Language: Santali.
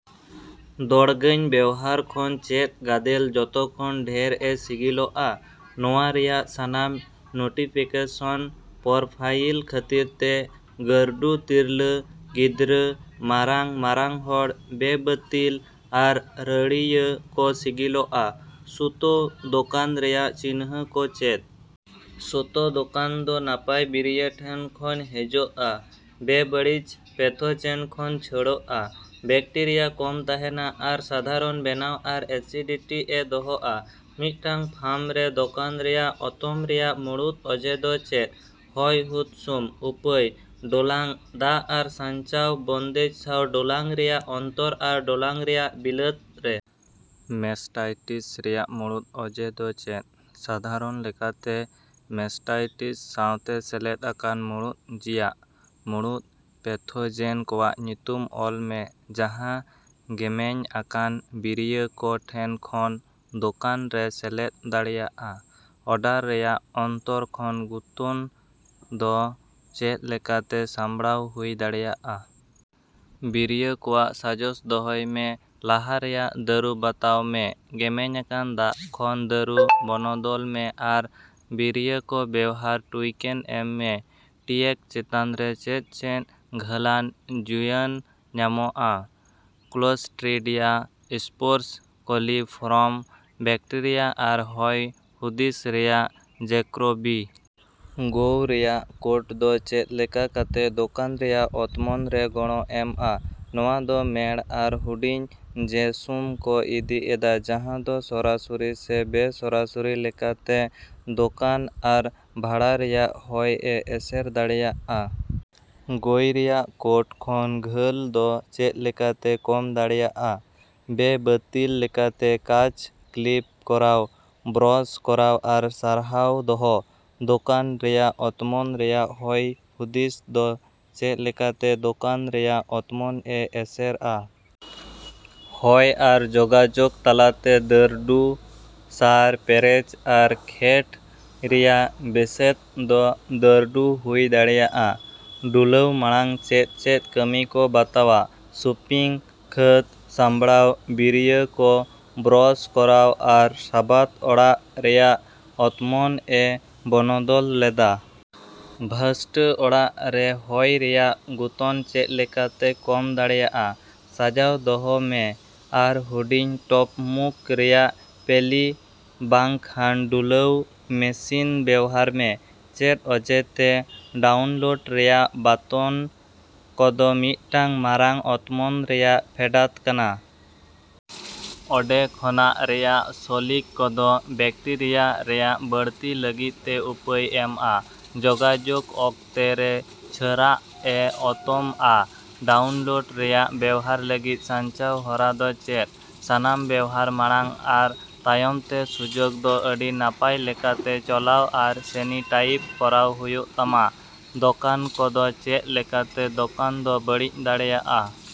ᱫᱚᱲᱜᱟᱹᱧ ᱵᱮᱣᱦᱟᱨ ᱠᱷᱚᱱ ᱪᱮᱫ ᱜᱟᱫᱮᱞ ᱡᱚᱛᱚ ᱠᱷᱚᱱ ᱰᱷᱮᱨ ᱮ ᱥᱤᱜᱤᱞᱚᱜᱼᱟ? ᱱᱚᱶᱟ ᱨᱮᱭᱟᱜ ᱥᱟᱱᱟᱢ ᱱᱩᱴᱤᱯᱮᱠᱮᱥᱚᱱ ᱯᱚᱨᱯᱷᱟᱭᱤᱞ ᱠᱷᱟᱹᱛᱤᱨ ᱛᱮ ᱜᱟᱹᱨᱰᱩ ᱛᱤᱨᱞᱟᱹ, ᱜᱤᱫᱽᱨᱟᱹ, ᱢᱟᱨᱟᱝ, ᱢᱟᱨᱟᱝ ᱦᱚᱲ, ᱵᱮᱼᱵᱟᱹᱛᱤᱞ ᱟᱨ ᱨᱟᱹᱲᱤᱭᱟᱹ ᱠᱚ ᱥᱤᱜᱤᱞᱚᱜᱼᱟ᱾ ᱥᱩᱛᱚ ᱫᱳᱠᱟᱱ ᱨᱮᱭᱟᱜ ᱪᱤᱱᱦᱟᱹ ᱠᱚ ᱪᱮᱫ? ᱥᱳᱛᱚ ᱫᱳᱠᱟᱱ ᱫᱚ ᱱᱟᱯᱟᱭ ᱵᱤᱨᱤᱭᱟᱹ ᱴᱷᱮᱱ ᱠᱷᱚᱱ ᱦᱮᱡᱚᱜᱼᱟ, ᱵᱮᱼᱵᱟᱲᱤᱪ, ᱯᱮᱛᱷᱳᱡᱮᱱ ᱠᱷᱚᱱ ᱪᱷᱟᱹᱲᱚᱜᱼᱟ, ᱵᱮᱠᱴᱮᱨᱤᱭᱟ ᱠᱚᱢ ᱛᱟᱦᱮᱸᱱᱟ, ᱟᱨ ᱥᱟᱫᱷᱟᱨᱚᱱ ᱵᱮᱱᱟᱣ ᱟᱨ ᱮᱥᱤᱰᱤᱴᱤ ᱮ ᱫᱚᱦᱚᱼᱟ᱾ ᱢᱤᱫᱴᱟᱝ ᱯᱷᱟᱢ ᱨᱮ ᱫᱳᱠᱟᱱ ᱨᱮᱭᱟᱜ ᱚᱛᱚᱢ ᱨᱮᱭᱟᱜ ᱢᱩᱲᱩᱫ ᱚᱡᱮ ᱫᱚ ᱪᱮᱫ? ᱦᱚᱭ ᱦᱩᱫᱥᱩᱢ, ᱩᱯᱟᱹᱭ, ᱰᱩᱞᱟᱝ, ᱫᱟᱜ ᱟᱨ ᱥᱟᱧᱪᱟᱣ ᱵᱚᱱᱫᱮᱡ ᱥᱟᱶ ᱰᱩᱞᱟᱝ ᱨᱮᱭᱟᱜ ᱚᱱᱛᱚᱨ ᱟᱨ ᱰᱩᱞᱟᱝ ᱨᱮᱭᱟᱜ ᱵᱤᱞᱟᱹᱛ ᱨᱮ᱾ ᱢᱮᱥᱴᱟᱭᱴᱤᱥ ᱨᱮᱭᱟᱜ ᱢᱩᱲᱩᱫ ᱚᱡᱮ ᱫᱚ ᱪᱮᱫ? ᱥᱟᱫᱷᱟᱨᱚᱱ ᱞᱮᱠᱟᱛᱮ ᱢᱮᱥᱴᱟᱭᱴᱤᱥ ᱥᱟᱶᱛᱮ ᱥᱮᱞᱮᱫ ᱟᱠᱟᱱ ᱢᱩᱲᱩᱫ ᱡᱤᱭᱟᱜ᱾ ᱢᱩᱲᱩᱫ ᱯᱮᱛᱷᱳᱡᱮᱱ ᱠᱚᱣᱟᱜ ᱧᱩᱛᱩᱢ ᱚᱞ ᱢᱮ ᱡᱟᱦᱟᱸ ᱜᱮᱢᱮᱧ ᱟᱠᱟᱱ ᱵᱤᱨᱤᱭᱟᱹ ᱠᱚ ᱴᱷᱮᱱ ᱠᱷᱚᱱ ᱫᱳᱠᱟᱱ ᱨᱮ ᱥᱮᱞᱮᱫ ᱫᱟᱲᱮᱭᱟᱜᱼᱟ᱾ ᱚᱰᱟᱨ ᱨᱮᱭᱟᱜ ᱚᱱᱛᱚᱨ ᱠᱷᱚᱱ ᱜᱩᱛᱚᱱ ᱫᱚ ᱪᱮᱫ ᱞᱮᱠᱟᱛᱮ ᱥᱟᱢᱲᱟᱣ ᱦᱩᱭ ᱫᱟᱲᱮᱭᱟᱜᱼᱟ? ᱵᱤᱨᱤᱭᱟᱹ ᱠᱚᱣᱟᱜ ᱥᱟᱡᱚᱥ ᱫᱚᱦᱚᱭ ᱢᱮ, ᱞᱟᱦᱟ ᱨᱮᱭᱟᱜ ᱫᱟᱹᱨᱩ ᱵᱟᱛᱟᱶ ᱢᱮ, ᱜᱮᱢᱮᱧ ᱟᱠᱟᱱ ᱫᱟᱜ ᱠᱷᱚᱱ ᱫᱟᱹᱨᱩ ᱵᱚᱱᱚᱫᱚᱞ ᱢᱮ ᱟᱨ ᱵᱤᱨᱤᱭᱟᱹ ᱠᱚ ᱵᱮᱶᱦᱟᱨ ᱴᱩᱭᱠᱮᱱ ᱮᱢ ᱢᱮ᱾ ᱴᱤᱭᱮᱴ ᱪᱮᱛᱟᱱ ᱨᱮ ᱪᱮᱫ ᱪᱮᱫ ᱜᱷᱟᱹᱞᱟᱱ ᱡᱩᱭᱟᱹᱱ ᱧᱟᱢᱚᱜᱼᱟ᱾ ᱠᱞᱳᱥᱴᱨᱤᱰᱤᱭᱟ ᱥᱯᱳᱨᱥ, ᱠᱳᱞᱤᱯᱷᱚᱨᱚᱢ ᱵᱮᱠᱴᱮᱨᱤᱭᱟ ᱟᱨ ᱦᱚᱭ ᱦᱩᱫᱤᱥ ᱨᱮᱭᱟᱜ ᱡᱮᱠᱨᱳᱵᱤᱠ᱾ ᱜᱳᱣ ᱨᱮᱭᱟᱜ ᱠᱳᱴ ᱫᱚ ᱪᱮᱫ ᱞᱮᱠᱟ ᱠᱟᱛᱮ ᱫᱳᱠᱟᱱ ᱨᱮᱭᱟᱜ ᱚᱛᱢᱚᱱ ᱨᱮ ᱜᱚᱲᱚ ᱮᱢᱼᱟ? ᱱᱚᱶᱟ ᱫᱚ ᱢᱮᱲ ᱟᱨ ᱦᱩᱰᱤᱧ ᱡᱮᱹᱥᱩᱢ ᱠᱚ ᱤᱫᱤ ᱮᱫᱟ ᱡᱟᱦᱟᱸ ᱫᱚ ᱥᱚᱨᱟᱥᱚᱨᱤ ᱥᱮ ᱵᱮᱼᱥᱚᱨᱟᱥᱟᱹᱨᱤ ᱞᱮᱠᱟᱛᱮ ᱫᱳᱠᱟᱱ ᱟᱨ ᱵᱷᱟᱲᱟ ᱨᱮᱭᱟᱜ ᱦᱚᱭ ᱮ ᱮᱥᱮᱨ ᱫᱟᱲᱮᱹᱭᱟᱜᱼᱟ᱾ ᱜᱳᱭ ᱨᱮᱭᱟᱜ ᱠᱳᱴ ᱠᱷᱚᱱ ᱜᱷᱟᱹᱞ ᱫᱚ ᱪᱮᱫ ᱞᱮᱠᱟᱛᱮ ᱠᱚᱢ ᱫᱟᱲᱮᱭᱟᱜᱼᱟ? ᱵᱮᱼᱵᱟᱹᱛᱤᱞ ᱞᱮᱠᱟᱛᱮ ᱠᱟᱪ ᱠᱞᱤᱯ ᱠᱚᱨᱟᱣ, ᱵᱨᱚᱥ ᱠᱚᱨᱟᱣ ᱟᱨ ᱥᱟᱨᱦᱟᱶ ᱫᱚᱦᱚ᱾ ᱫᱳᱠᱟᱱ ᱨᱮᱭᱟᱜ ᱚᱛᱢᱚᱱ ᱨᱮᱭᱟᱜ ᱦᱚᱭ ᱦᱩᱫᱤᱥ ᱫᱚ ᱪᱮᱫ ᱞᱮᱠᱟᱛᱮ ᱫᱳᱠᱟᱱ ᱨᱮᱭᱟᱜ ᱚᱛᱢᱚᱱ ᱮ ᱮᱥᱮᱨᱼᱟ? ᱦᱚᱭ ᱟᱨ ᱡᱳᱜᱟᱡᱳᱜ ᱛᱟᱞᱟᱛᱮ ᱫᱟᱹᱨᱰᱩ, ᱥᱟᱨ, ᱯᱮᱨᱮᱪ ᱟᱨ ᱠᱷᱮᱹᱰ ᱨᱮᱭᱟᱜ ᱵᱮᱹᱥᱮᱫ ᱫᱚ ᱫᱟᱹᱨᱰᱩ ᱦᱩᱭ ᱫᱟᱲᱮᱭᱟᱜᱼᱟ᱾ ᱰᱩᱞᱟᱹᱣ ᱢᱟᱲᱟᱝ ᱪᱮᱫ ᱪᱮᱫ ᱠᱟᱹᱢᱤ ᱠᱚ ᱵᱟᱛᱟᱣᱟ᱾ ᱥᱩᱯᱤᱝ, ᱠᱷᱟᱹᱫᱽ ᱥᱟᱢᱵᱲᱟᱣ, ᱵᱤᱨᱤᱭᱟᱹ ᱠᱚ ᱵᱨᱚᱥ ᱠᱚᱨᱟᱣ, ᱟᱨ ᱥᱟᱵᱟᱫ ᱚᱲᱟᱜ ᱨᱮᱭᱟᱜ ᱚᱛᱢᱚᱱ ᱮ ᱵᱚᱱᱚᱫᱚᱞ ᱞᱮᱫᱟ᱾ ᱵᱷᱟᱥᱴᱟᱹ ᱚᱲᱟᱜ ᱨᱮ ᱦᱚᱭ ᱨᱮᱭᱟᱜ ᱜᱩᱛᱚᱱ ᱪᱮᱫ ᱞᱮᱠᱟᱛᱮ ᱠᱚᱢ ᱫᱟᱲᱮᱭᱟᱜᱼᱟ? ᱥᱟᱡᱟᱣ ᱫᱚᱦᱚ ᱢᱮ ᱟᱨ ᱦᱩᱰᱤᱧᱼᱴᱚᱯ ᱢᱩᱠ ᱨᱮᱭᱟᱜ ᱯᱮᱞᱤ ᱵᱟᱝ ᱠᱷᱟᱱ ᱰᱩᱞᱟᱹᱣ ᱢᱮᱥᱤᱱ ᱵᱮᱣᱦᱟᱨ ᱢᱮ᱾ ᱪᱮᱫ ᱚᱡᱮᱛᱮ ᱰᱟᱣᱩᱱᱞᱳᱰ ᱨᱮᱭᱟᱜ ᱵᱟᱛᱚᱱ ᱠᱚᱫᱚ ᱢᱤᱫᱴᱟᱝ ᱢᱟᱨᱟᱝ ᱚᱛᱢᱚᱱ ᱨᱮᱭᱟᱜ ᱯᱷᱮᱰᱟᱛ ᱠᱟᱱᱟ? ᱚᱰᱮᱠᱷᱟᱱᱟᱜ ᱨᱮᱭᱟᱜ ᱥᱚᱞᱤᱠ ᱠᱚᱫᱚ ᱵᱮᱠᱴᱤᱨᱤᱭᱟ ᱨᱮᱭᱟᱜ ᱵᱟᱹᱲᱛᱤ ᱞᱟᱹᱜᱤᱫ ᱛᱮ ᱩᱯᱟᱹᱭ ᱮᱢᱼᱟ, ᱡᱳᱜᱟᱡᱳᱜ ᱚᱠᱛᱮ ᱨᱮ ᱪᱷᱟᱹᱨᱟᱜ ᱮ ᱚᱛᱚᱢᱼᱟ᱾ ᱰᱟᱣᱩᱱᱞᱳᱰ ᱨᱮᱭᱟᱜ ᱵᱮᱣᱦᱟᱨ ᱞᱟᱹᱜᱤᱫ ᱥᱟᱧᱪᱟᱣ ᱦᱚᱨᱟ ᱫᱚ ᱪᱮᱫ? ᱥᱟᱱᱟᱢ ᱵᱮᱣᱦᱟᱨ ᱢᱟᱲᱟᱝ ᱟᱨ ᱛᱟᱭᱚᱢ ᱛᱮ ᱥᱩᱡᱚᱠ ᱫᱚ ᱟᱹᱰᱤ ᱱᱟᱯᱟᱭ ᱞᱮᱠᱟᱛᱮ ᱪᱚᱞᱟᱣ ᱟᱨ ᱥᱮᱱᱤᱴᱟᱭᱤᱡᱽ ᱠᱚᱨᱟᱣ ᱦᱩᱭᱩᱜ ᱛᱟᱢᱟ᱾ ᱫᱳᱠᱟᱱ ᱠᱚ ᱫᱚ ᱪᱮᱫ ᱞᱮᱠᱟᱛᱮ ᱫᱳᱠᱟᱱ ᱫᱚ ᱵᱟᱹᱲᱤᱡ ᱫᱟᱲᱮᱭᱟᱜᱼᱟ᱾